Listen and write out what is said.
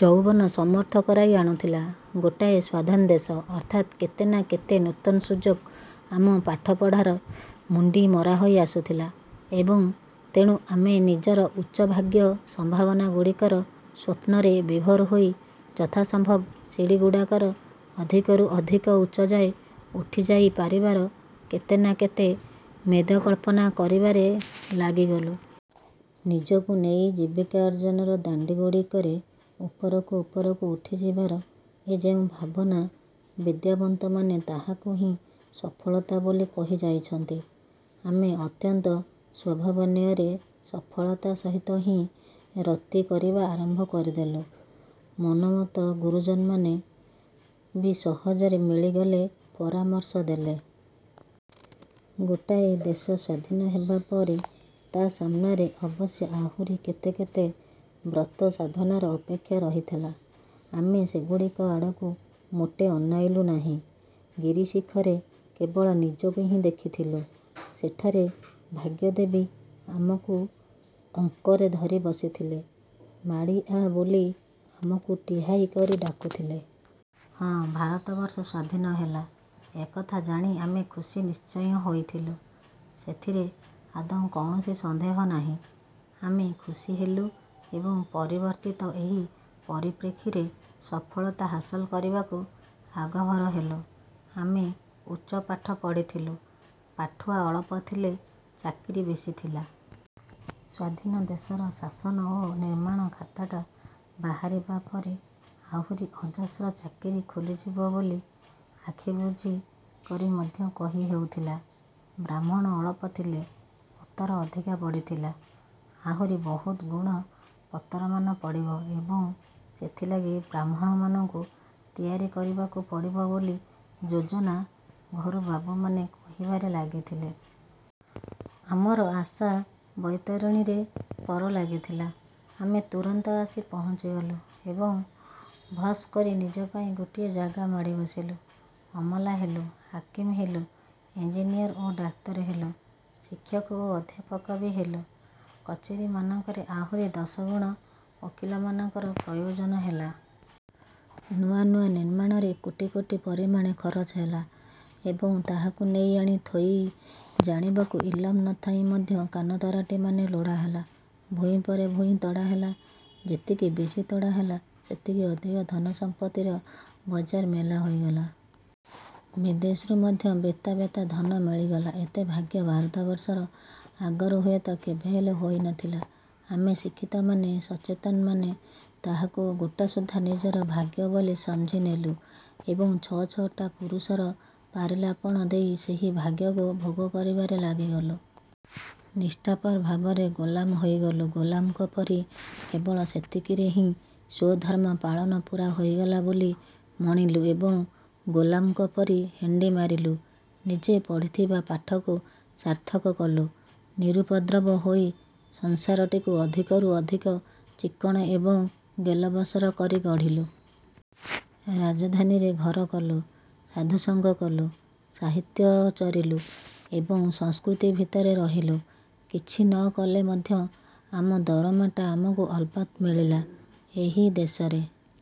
ଯୌବନ ସମର୍ଥ କରାଇ ଆଣୁଥିଲା। ଗୋଟାଏ ସ୍ୱାଧନ ଦେଶ, ଅର୍ଥାତ୍ କେତେ ନା କେତେ ନୂତନ ସୁଯୋଗ। ଆମ ପାଠପଢ଼ାର ମୁଣ୍ଡି ମରାହୋଇ ଆସୁଥିଲା ଏବଂ ତେଣୁ ଆମେ ନିଜର ଉଚ୍ଚ ଭାଗ୍ୟ-ସମ୍ଭାବନାଗୁଡ଼ିକର ସ୍ୱପ୍ନରେ ବିଭୋର ହୋଇ ଯଥାସମ୍ଭବ ସିଡ଼ିଗୁଡ଼ାକର ଅଧିକରୁ ଅଧିକ ଉଚ୍ଚ ଯାଏ ଉଠିଯାଇ ପରିବାର କେତେ ନା କେତେ ମେଦକଳ୍ପନା କରିବାରେ ଲାଗିଗଲୁ। ନିଜକୁ ନେଇ ଜୀବିକାର୍ଜନର ଦାଣ୍ଡିଗୁଡ଼ିକରେ ଉପରକୁ ଉପରକୁ ଉଠିଯିବାର ଏଇ ଯେଉଁ ଭାବନା, ବିଦ୍ୟାବନ୍ତମାନେ ତାହାକୁ ହିଁ ସଫଳତା ବୋଲି କହି ଯାଇଛନ୍ତି। ଆମେ ଅତ୍ୟନ୍ତ ସ୍ୱଭାବନ୍ୟାୟରେ ସଫଳତା ସହିତ ହିଁ ରତି କରିବା ଆରମ୍ଭ କରିଦେଲୁ। ମନୋମତ ଗୁରୁଜନମାନେ ବି ସହଜରେ ମିଳିଗଲେ, ପରାମର୍ଶ ଦେଲେ। ଗୋଟାଏ ଦେଶ ସ୍ୱାଧୀନ ହେବାପରେ ତା' ସାମ୍ନାରେ ଅବଶ୍ୟ ଆହୁରି କେତେ କେତେ ବ୍ରତ-ସାଧନାର ଅପେକ୍ଷା ରହିଥିଲା। ଆମେ ସେଗୁଡ଼ିକ ଆଡ଼କୁ ମୋଟେ ଅନାଇଲୁ ନାହିଁ। ଗିରିଶିଖରେ କେବଳ ନିଜକୁ ହିଁ ଦେଖିଥିଲୁ। ସେଠାରେ ଭାଗ୍ୟଦେବୀ ଆମକୁ ଅଙ୍କରେ ଧରି ବସିଥିଲେ। ମାଡ଼ି ଆ' ବୋଲି ଆମକୁ ଟିହାଇ କରି ଡାକୁଥିଲେ। ହଁ, ଭାରତବର୍ଷ ସ୍ୱାଧୀନ ହେଲା, ଏକଥା ଜାଣି ଆମେ ଖୁସି ନିଶ୍ଚୟ ହୋଇଥିଲୁ। ସେଥିରେ ଆଦୌ କୌଣସି ସନ୍ଦେହ ନାହିଁ। ଆମେ ଖୁସି ହେଲୁ ଏବଂ ପରିବର୍ତ୍ତିତ ଏହି ପରିପ୍ରେକ୍ଷୀରେ ସଫଳତା ହାସଲ କରିବାକୁ ଆଗଭର ହେଲୁ। ଆମେ ଉଚ୍ଚ ପାଠ ପଢ଼ିଥିଲୁ। ପାଠୁଆ ଅଳପ ଥିଲେ, ଚାକିରି ବେଶୀ ଥିଲା। ସ୍ୱାଧୀନ ଦେଶର ଶାସନ ଓ ନିର୍ମାଣ-ଖାତାଟା ବାହାରିବା ପରେ ଆହୁରି ଅଜସ୍ର ଚାକିରି ଖୋଲିଯିବ ବୋଲି ଆଖି ବୁଜି କରି ମଧ୍ୟ କହି ହେଉଥିଲା। ବ୍ରାହ୍ମଣ ଅଳପ ଥିଲେ, ପତର ଅଧିକା ପଡ଼ିଥିଲା। ଆହୁରି ବହୁତ ଗୁଣ ପତରମାନ ପଡ଼ିବ ଏବଂ ସେଥିଲାଗି ବ୍ରାହ୍ମଣମାନଙ୍କୁ ତିଆରି କରିବାକୁ ପଡ଼ିବ ବୋଲି ଯୋଜନା-ଘରୁ ବାବୁମାନେ କହିବାରେ ଲାଗିଥିଲେ। ଆମର ଆଶା-ବୈତରଣୀରେ ପର ଲାଗିଗଲା। ଆମେ ତୁରନ୍ତ ଆସି ପହଞ୍ଚିଗଲୁ ଏବଂ ଭସ୍ କରି ନିଜ ପାଇଁ ଗୋଟିଏ ଜାଗା ମାଡ଼ି ବସିଲୁ। ଅମଲା ହେଲୁ, ହାକିମ ହେଲୁ, ଇଞ୍ଜିନିଅର ଓ ଡାକ୍ତର ହେଲୁ। ଶିକ୍ଷକ ଓ ଅଧ୍ୟାପକ ବି ହେଲୁ। କଚେରୀମାନଙ୍କରେ ଆହୁରି ଦଶଗୁଣ ଓକିଲମାନଙ୍କର ପ୍ରୟୋଜନ ହେଲା। ନୂଆ ନୂଆ ନିର୍ମାଣରେ କୋଟି କୋଟି ପରିମାଣେ ଖରଚ ହେଲା ଏବଂ ତାହାକୁ ନେଇ ଆଣି ଥୋଇ ଜାଣିବାକୁ ଇଲମ ନଥାଇ ମଧ୍ୟ କାନତରାଟିମାନେ ଲୋଡ଼ା ହେଲେ। ଭୂଇଁ ପରେ ଭୂଇଁ ତଡ଼ା ହେଲା,- ଯେତିକି ବେଶୀ ତଡ଼ା ହେଲା, ସେତିକି ଅଧିକ ଧନସମ୍ପତ୍ତିର ବଜାର ମେଲା ହୋଇଗଲା। ବିଦେଶରୁ ମଧ୍ୟ ବେତା ବେତା ଧନ ମିଳିଗଲା। ଏତେ ଭାଗ୍ୟ ଭାରତବର୍ଷର ଆଗରୁ ହୁଏତ କେବେହେଲେ ହୋଇନଥିଲା। ଆମେ ଶିକ୍ଷିତମାନେ, ସଚେତନମାନେ ତାହାକୁ ଗୋଟାସୁଦ୍ଧା ନିଜର ଭାଗ୍ୟ ବୋଲି ସମଝି ନେଲୁ ଏବଂ ଛଅ ଛଅଟା ପୁରୁଷର ପାରିଲାପଣ ଦେଇ ସେହି ଭାଗ୍ୟକୁ ଭୋଗ କରିବାରେ ଲାଗିଗଲୁ। ନିଷ୍ଠାପର ଭାବରେ ଗୋଲାମ ହୋଇଗଲୁ, ଗୋଲାମଙ୍କ ପରି କେବଳ ସେତିକିରେ ହିଁ ସ୍ୱଧର୍ମ-ପାଳନ ପୂରା ହୋଇଗଲା ବୋଲି ମଣିଲୁ ଏବଂ ଗୋଲାମଙ୍କ ପରି ହେଣ୍ଡି ମାରିଲୁ। ନିଜେ ପଢ଼ିଥିବା ପାଠକୁ ସାର୍ଥକ କଲୁ। ନିରୁପଦ୍ରବ ହୋଇ ସଂସାରଟିକୁ ଅଧିକରୁ ଅଧିକ ଚିକ୍କଣ ଏବଂ ଗେଲବସର କରି ଗଢ଼ିଲୁ। ରାଜଧାନୀରେ ଘର କଲୁ। ସାଧୁସଙ୍ଗ କଲୁ, ସାହିତ୍ୟ ଚରିଲୁ ଏବଂ ସଂସ୍କୃତି ଭିତରେ ରହିଲୁ। କିଛି ନ କଲେ ମଧ୍ୟ ଆମ ଦରମାଟା ଆମକୁ ଅଲବତ ମିଳିଲା। ଏହି ଦେଶରେ